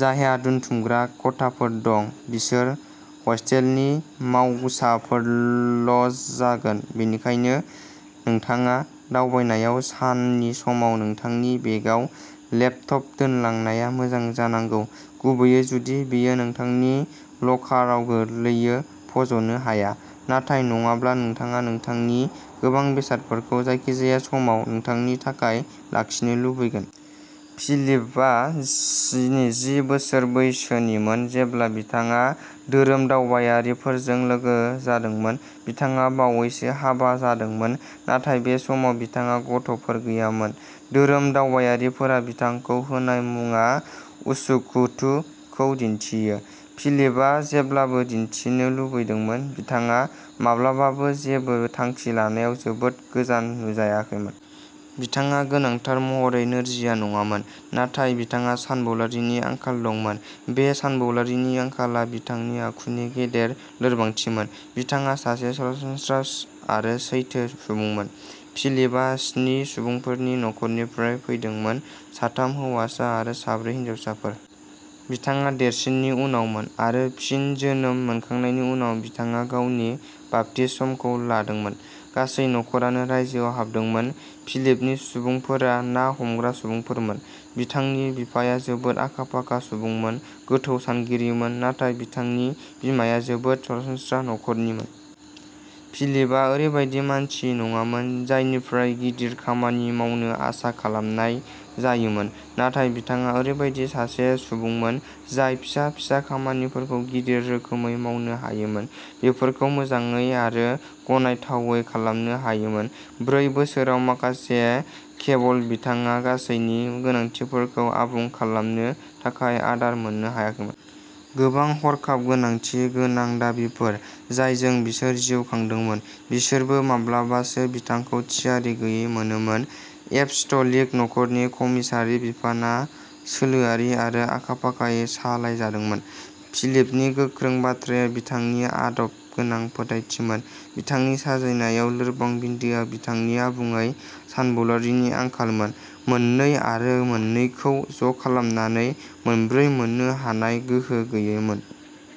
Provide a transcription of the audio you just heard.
जायहा दोनथुमग्रा खथाफोर दं, बिसोर हस्टेलनि मावसाफोरल'जागोन, बेनिखायनो नोंथाङा दावबायनायाव साननि समाव नोंथांनि बेगआव लेपटप दोनलांनाया मोजां जानांगौ, गुबैयै जुदि बेयो नोंथांनि लकाराव गोरलैयै फज'नो हाया। नाथाय नङाब्ला, नोंथाङा नोंथांनि गोबां बेसादफोरखौ जायखिजाया समाव नोंथांनि थाखाय लाखिनो लुबैगोन। फिलिपआ स्निजि बोसोर बैसोनिमोन जेब्ला बिथाङा धोरोमदावबायारिफोरजों लोगो जादोंमोन; बिथाङा बावैसो हाबा जादोंमोन, नाथाय बे समाव बिथांहा गथ'फोर गैयामोन। धोरोमदावबायारिफोरा बिथांखौ होनाय मुंआ "उसुखुथु" खौ दिन्थियो। फिलिपआ जेब्लाबो दिन्थिनो लुबैदोंमोन। बिथाङा माब्लाबाबो जेबो थांखि लानायाव जोबोद गोजान नुजायाखैमोन। बिथाङा गोनांथार महरै नोरजिया नङामोन, नाथाय बिथांहा सानबोलावरिनि आंखाल दंमोन। बे सानबोलावरिनि आंखालआ बिथांनि आखुनि गेदेर लोरबांथिमोन। बिथाङा सासे सरासनस्रा आरो सैथो सुबुंमोन। फिलिपआ स्नि सुबुंफोरनि नखरनिफ्राय फैदोंमोन, साथाम हौवासा आरो साब्रै हिनजावसाफोर। बिथाङा देरसिननि उनावमोन, आरो फिन जोनोम मोनखांनायनि उनाव बिथाङा गावनि बाप्तिस्मखौ लादोंमोन। गासै नखरानो रायजोआव हाबदोंमोन। फिलिपनि सुबुंफोरा ना हमग्रा सुबुंफोरमोन। बिथांनि बिफाया जोबोद आखा-फाखा सुबुंमोन, गोथौ सानगिरिमोन, नाथाय बिथांनि बिमाया जोबोद सरासनस्रा नखरनिमोन। फिलिपआ ओरैबायदि मानसि नङामोन जायनिफ्राय गिदिर खामानि मावनो आसा खालामनाय जायोमोन, नाथाय बिथाङा ओरैबायदि सासे सुबुंमोन जाय फिसा-फिसा खामानिफोरखौ गिदिर रोखोमै मावनो हायोमोन, बेफोरखौ मोजाङै आरो गनायथावै खालामनो हायोमोन। ब्रै बोसोराव माखासे खेबल'बिथाङा गासैनि गोनांथिफोरखौ आबुं खालामनो थाखाय आदार मोननो हायाखैमोन। गोबां हरखाब गोनांथि गोनां दाबिफोर, जायजों बिसोर जिउ खांदोंमोन, बिसोरबो माब्लाबासो बिथांखौ थियारि गैयै मोनोमोन। एपस्टलिक नखरनि कमिसारि बिफानआ सोलोआरि आरो आखा-फाखायै सामलायजादोंमोन। फिलिपनि गोख्रों बाथ्राया बिथांनि आदबगोनां फोथायथिमोन; बिथांनि साजायनायाव लोरबां बिन्दोआ बिथांनि आबुङै सानबोलावरिनि आंखालमोन, मोननै आरो मोननैखौ ज'खालामनानै मोनब्रै मोननो हानाय गोहो गैयैमोन।